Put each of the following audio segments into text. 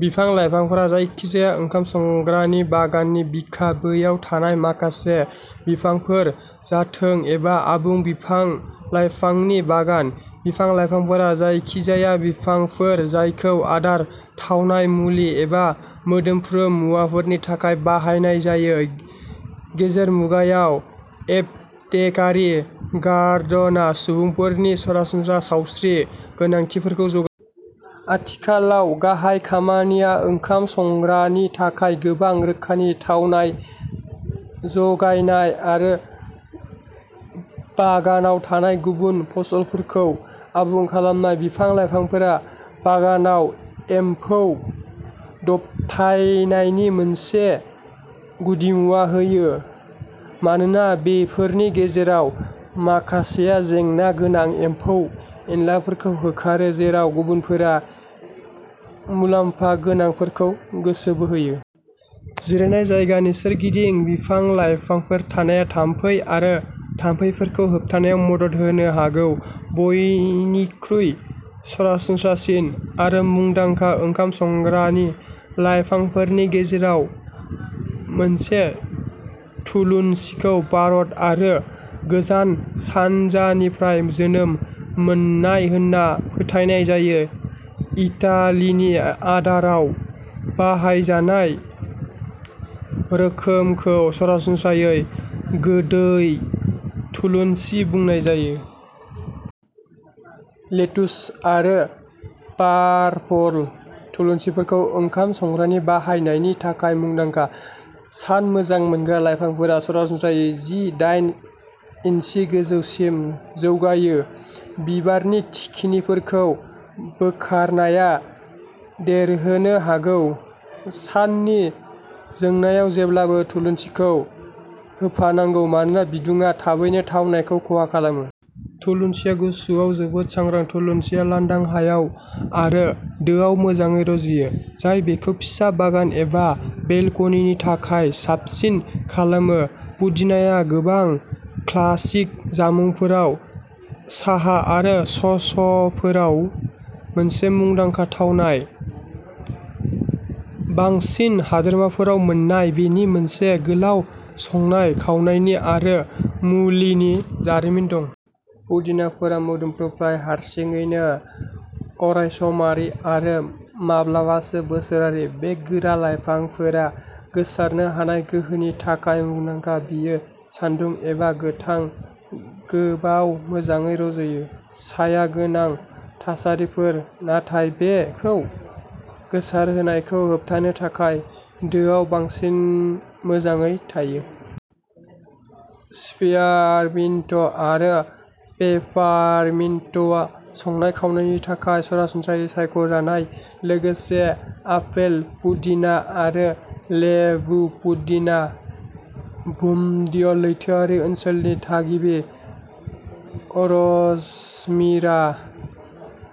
बिफां लाइफांफोरा जायखिजाया ओंखाम संग्रानि बागाननि बिखा, बैयाव थानाय माखासे बिफांफोर जाथों एबा आबुं बिफां लाइफांनि बागान। बिफां लाइफांफोरा जायखिजाया बिफांफोर जायखौ आदार, थावनाय, मुलि एबा मोदोमफ्रु मुवाफोरनि थाखाय बाहायनाय जायो। गेजेर मुगायाव एपथेकारि गार्डेना सुबुंफोरनि सरासनस्रा सावस्रि गोनांथिफोरखौ जगायो। आथिखालाव गाहाय खामानिया ओंखाम संग्रानि थाखाय गोबां रोखोमनि थावनाय जगायनाय आरो बागानाव थानाय गुबुन फसलफोरखौ आबुं खालामनाय। बिफां लाइफांफोरा बागानाव एमफौ दबथायनायनि मोनसे गुदिमुवा होयो मानोना बेफोरनि गेजेराव माखासेआ जेंना गोनां एम्फौ एनलाफोरखौ होखारो, जेराव गुबुनफोरा मुलाम्फा गोनांफोरखौ गोसो बोहोयो। जिरायनाय जायगानि सोरगिदिं बिफां लाइफांफोर थानाया थाम्फै आरो थाम्फैफोरखौ होबथानायाव मदद होनो हागौ। बयनिख्रुइ सरासनस्रासिन आरो मुंदांखा ओंखाम संग्रानि लाइफांफोरनि गेजेराव मोनसे, थुलुनसिखौ भारत आरो गोजान सानजानिफ्राय जोनोम मोननाय होनना फोथायनाय जायो। इटालिनि आदाराव बाहायजानाय रोखोमखौ सरासनस्रायै गोदै थुलुनसि बुंनाय जायो। लेटुस आरो पार्पल थुलुनसिफोरा ओंखाम संग्रानि बाहायनायनि थाखाय मुंदांखा। सान मोजां मोनग्रा लाइफांफोरा सरासनस्रायै जि दाइन इन्सि गोजौसिम जौगायो। बिबारनि थिखिनिफोरखौ बोखारनाया देरहोनो हागौ। संनायनि जोबनायाव जेब्लाबो थुलुनसिखौ होफानांगौ मानोना बिदुंआ थाबैनो थावनायखौ खहा खालामो। थुलुनसिआ गुसुआव जोबोद सांग्रां। थुलुनसिआ लांदां हायाव आरो दोआव मोजाङै रज'यो, जाय बेखौ फिसा बागान एबा बेलकनिनि थाखाय साबसिन खालामो। पुदिनाआ गोबां क्लासिक जामुंफोराव, साहा आरो ससफोराव मोनसे मुंदांखा थावनाय। बांसिन हादोरमाफोराव मोन्नाय बेनि मोनसे गोलाव संनाय खावनायनि आरो मुलिनि जारिमिन दं। पुदिनाफोरा मोदोमफ्रु, प्राय हारसिङैनो अरायसमारि आरो माब्लाबासो बोसोरारि। बे गोरा लाइफांआ गोसारनो हानाय गोहोनि थाखाय मुंदांखा। बेयो सान्दुं एबा गोथां गाबाव मोजाङै रज'यो। साया गोनां थासारिफोर नाथाय बेखौ गोसारनायखौ होबथानो थाखाय दोआव बांसिन मोजाङै थायो। स्पियारमिन्ट' आरो पेपारमिन्ट'आ संनाय खावनायनि थाखाय सरासनस्रा सायख'जानाय। लोगोसे आपेल पुदिना आरो लेबु पुदिना। भुमध्य लैथोआरि ओनसोलनि थागिबि, र'जमिरा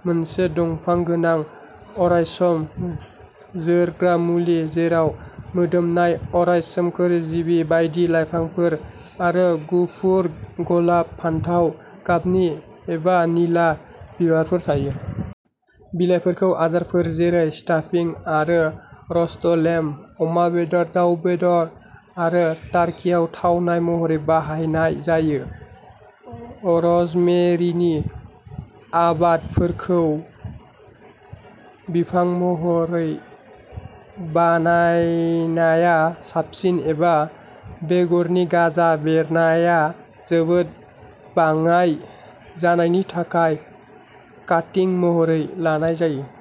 मोनसे दंफां गोनां, अरायसम जोरग्रा मुलि, जेराव मोदोमनाय, अराय सोमखोर, बिजि बायदि बिलाइफोर आरो गुफुर, गलाब, फान्थाव गाबनि एबा निला बिबारफोर थायो। बिलाइफोरखौ आदारफोर जेरै स्टाफिं आरो र'स्ट लेम्ब, अमा बेदर, दाव बेदर आरो टार्किआव थावनाय महरै बाहायनाय जायो। र'जमेरिनि आबादफोरखौ बिफां महरै बायनाया साबसिन, एबा बेगरनि गाजा बेरनाया जोबोद बाङाइ जानायनि थाखाय काटिं महरै लानाय जायो।